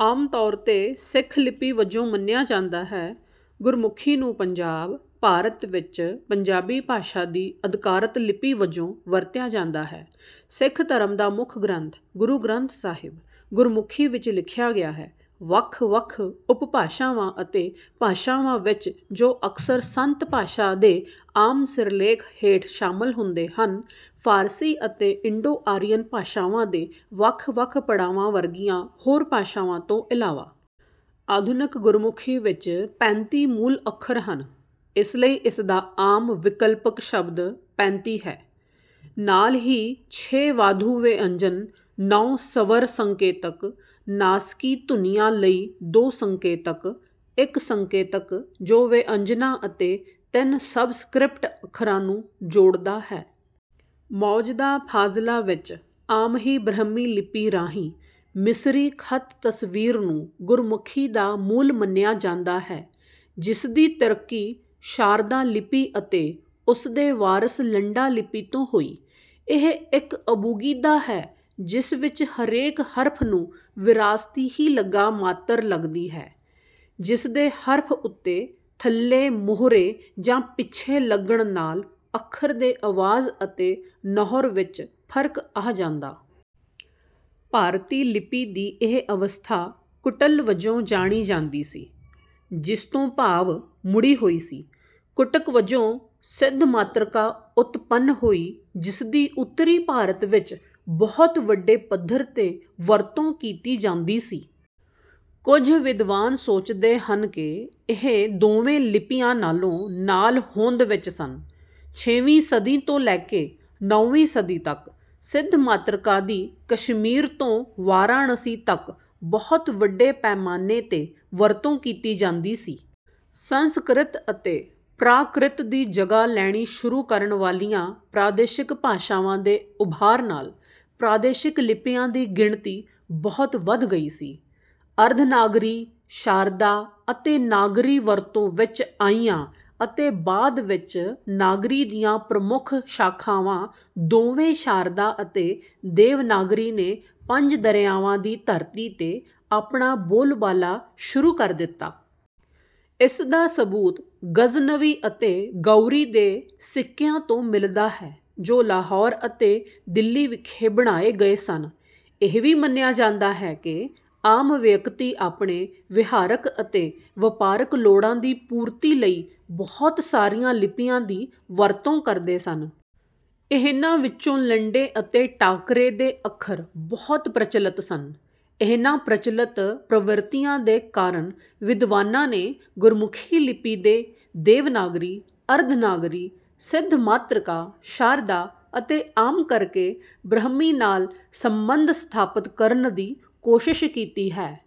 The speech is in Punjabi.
ਆਮ ਤੌਰ 'ਤੇ ਸਿੱਖ ਲਿਪੀ ਵਜੋਂ ਮੰਨਿਆ ਜਾਂਦਾ ਹੈ, ਗੁਰਮੁਖੀ ਨੂੰ ਪੰਜਾਬ, ਭਾਰਤ ਵਿੱਚ ਪੰਜਾਬੀ ਭਾਸ਼ਾ ਦੀ ਅਧਿਕਾਰਤ ਲਿਪੀ ਵਜੋਂ ਵਰਤਿਆ ਜਾਂਦਾ ਹੈ। ਸਿੱਖ ਧਰਮ ਦਾ ਮੁੱਖ ਗ੍ਰੰਥ, ਗੁਰੂ ਗ੍ਰੰਥ ਸਾਹਿਬ, ਗੁਰਮੁਖੀ ਵਿੱਚ ਲਿਖਿਆ ਗਿਆ ਹੈ, ਵੱਖ-ਵੱਖ ਉਪਭਾਸ਼ਾਵਾਂ ਅਤੇ ਭਾਸ਼ਾਵਾਂ ਵਿੱਚ ਜੋ ਅਕਸਰ ਸੰਤ ਭਾਸ਼ਾ ਦੇ ਆਮ ਸਿਰਲੇਖ ਹੇਠ ਸ਼ਾਮਲ ਹੁੰਦੇ ਹਨ, ਫਾਰਸੀ ਅਤੇ ਇੰਡੋ-ਆਰੀਅਨ ਭਾਸ਼ਾਵਾਂ ਦੇ ਵੱਖ-ਵੱਖ ਪੜਾਵਾਂ ਵਰਗੀਆਂ ਹੋਰ ਭਾਸ਼ਾਵਾਂ ਤੋਂ ਇਲਾਵਾ। ਆਧੁਨਿਕ ਗੁਰਮੁਖੀ ਵਿੱਚ ਪੈਂਤੀ ਮੂਲ ਅੱਖਰ ਹਨ, ਇਸ ਲਈ ਇਸਦਾ ਆਮ ਵਿਕਲਪਿਕ ਸ਼ਬਦ ਪੈਂਤੀ ਹੈ। ਨਾਲ ਹੀ ਛੇ ਵਾਧੂ ਵਿਅੰਜਨ, ਨੌਂ ਸਵਰ ਸੰਕੇਤਕ, ਨਾਸਕੀ ਧੁਨੀਆਂ ਲਈ ਦੋ ਸੰਕੇਤਕ, ਇੱਕ ਸੰਕੇਤਕ ਜੋ ਵਿਅੰਜਨਾਂ ਅਤੇ ਤਿੰਨ ਸਬਸਕ੍ਰਿਪਟ ਅੱਖਰਾਂ ਨੂੰ ਜੋੜਦਾ ਹੈ। ਮੌਜਦਾ ਫ਼ਾਜ਼ਲਾਂ ਵਿੱਚ, ਆਮ ਹੀ ਬ੍ਰਹਮੀ ਲਿਪੀ ਰਾਹੀਂ, ਮਿਸਰੀ ਖ਼ਤ ਤਸਵੀਰ ਨੂੰ ਗੁਰਮੁਖੀ ਦਾ ਮੂਲ ਮੰਨਿਆ ਜਾਂਦਾ ਹੈ ਜਿਸਦੀ ਤਰੱਕੀ ਸ਼ਾਰਦਾ ਲਿਪੀ ਅਤੇ ਉਸਦੇ ਵਾਰਸ ਲੰਡਾ ਲਿਪੀ ਤੋਂ ਹੋਈ। ਇਹ ਇੱਕ ਅਬੂਗੀਦਾ ਹੈ ਜਿਸ ਵਿੱਚ ਹਰੇਕ ਹਰਫ਼ ਨੂੰ ਵਿਰਾਸਤੀ ਹੀ ਲਗਾ ਮਾਤਰ ਲੱਗਦੀ ਹੈ, ਜਿਸਦੇ ਹਰਫ਼ ਉੱਤੇ, ਥੱਲੇ, ਮੋਹਰੇ ਜਾਂ ਪਿੱਛੇ ਲੱਗਣ ਨਾਲ਼ ਅੱਖਰ ਦੇ ਅਵਾਜ਼ ਅਤੇ ਨਹੁਰ ਵਿੱਚ ਫ਼ਰਕ ਆਹ ਜਾਂਦਾ। ਭਾਰਤੀ ਲਿਪੀ ਦੀ ਇਹ ਅਵਸਥਾ 'ਕੁਟਿਲ' ਵਜੋਂ ਜਾਣੀ ਜਾਂਦੀ ਸੀ, ਜਿਸ ਤੋਂ ਭਾਵ ਮੁੜੀ ਹੋਈ ਸੀ। ਕੁਟਿਕ ਵਜੋਂ ਸਿੱਧਮਾਤ੍ਰਿਕਾ ਉਤਪੰਨ ਹੋਈ ਜਿਸਦੀ ਉੱਤਰੀ ਭਾਰਤ ਵਿਚ ਬਹੁਤ ਵੱਡੇ ਪੱਧਰ ਤੇ ਵਰਤੋਂ ਕੀਤੀ ਜਾਂਦੀ ਸੀ। ਕੁਝ ਵਿਦਵਾਨ ਸੋਚਦੇ ਹਨ ਕਿ ਇਹ ਦੋਵੇਂ ਲਿਪੀਆਂ ਨਾਲੋਂ ਨਾਲ ਹੋਂਦ ਵਿਚ ਸਨ। ਛੇਵੀਂ ਸਦੀ ਤੋਂ ਲੈ ਕੇ ਨੌਂਵੀਂ ਸਦੀ ਤਕ, ਸਿੱਧਮਾਤ੍ਰਿਕਾ ਦੀ ਕਸ਼ਮੀਰ ਤੋਂ ਵਾਰਾਣਸੀ ਤਕ ਬਹੁਤ ਵੱਡੇ ਪੈਮਾਨੇ ਤੇ ਵਰਤੋਂ ਕੀਤੀ ਜਾਂਦੀ ਸੀ। ਸੰਸਕ੍ਰਿਤ ਅਤੇ ਪ੍ਰਾਕ੍ਰਿਤ ਦੀ ਜਗ੍ਹਾ ਲੈਣੀ ਸ਼ੁਰੂ ਕਰਨ ਵਾਲੀਆਂ ਪ੍ਰਾਦੇਸ਼ਿਕ ਭਾਸ਼ਾਵਾਂ ਦੇ ਉੱਭਾਰ ਨਾਲ ਪ੍ਰਾਦੇਸ਼ਿਕ ਲਿਪੀਆਂ ਦੀ ਗਿਣਤੀ ਬਹੁਤ ਵਧ ਗਈ ਸੀ। ਅਰਧਨਾਗਰੀ, ਸ਼ਾਰਦਾ ਅਤੇ ਨਾਗਰੀ ਵਰਤੋਂ ਵਿਚ ਆਈਆਂ ਅਤੇ ਬਾਅਦ ਵਿਚ ਨਾਗਰੀ ਦੀਆਂ ਪ੍ਰਮੁਖ ਸ਼ਾਖ਼ਾਵਾਂ ਦੋਵੇਂ ਸ਼ਾਰਦਾ ਅਤੇ ਦੇਵਨਾਗਰੀ ਨੇ ਪੰਜ ਦਰਿਆਵਾਂ ਦੀ ਧਰਤੀ ਤੇ ਆਪਣਾ ਬੋਲਬਾਲਾ ਸ਼ੁਰੂ ਕਰ ਦਿੱਤਾ। ਇਸਦਾ ਸਬੂਤ ਗ਼ਜ਼ਨਵੀ ਅਤੇ ਗੌਰੀ ਦੇ ਸਿੱਕਿਆਂ ਤੋਂ ਮਿਲਦਾ ਹੈ ਜੋ ਲਾਹੌਰ ਅਤੇ ਦਿੱਲੀ ਵਿਖੇ ਬਣਾਏ ਗਏ ਸਨ। ਇਹ ਵੀ ਮੰਨਿਆ ਜਾਂਦਾ ਹੈ ਕਿ ਆਮ ਵਿਅਕਤੀ ਆਪਣੇ ਵਿਹਾਰਿਕ ਅਤੇ ਵਪਾਰਿਕ ਲੋੜਾਂ ਦੀ ਪੂਰਤੀ ਲਈ ਬਹੁਤ ਸਾਰੀਆਂ ਲਿਪੀਆਂ ਦੀ ਵਰਤੋਂ ਕਰਦੇ ਸਨ। ਇਹਨਾਂ ਵਿਚੋਂਲੰਡੇ ਅਤੇ ਟਾਕਰੇ ਦੇ ਅੱਖਰ ਬਹੁਤ ਪ੍ਰਚਲਿਤ ਸਨ। ਇਹਨਾਂ ਪ੍ਰਚਲਿਤ ਪ੍ਰਵਿਰਤੀਆਂ ਦੇ ਕਾਰਨ ਵਿਦਵਾਨਾਂ ਨੇ ਗੁਰਮੁਖੀ ਲਿਪੀ ਦੇ ਦੇਵਨਾਗਰੀ, ਅਰਧਨਾਗਰੀ, ਸਿੱਧਮਾਤ੍ਰਿਕਾ, ਸ਼ਾਰਦਾ ਅਤੇ ਆਮ ਕਰਕੇ ਬ੍ਰਹਮੀ ਨਾਲ ਸੰਬੰਧ ਸਥਾਪਿਤ ਕਰਨ ਦੀ ਕੋਸ਼ਿਸ਼ ਕੀਤੀ ਹੈ।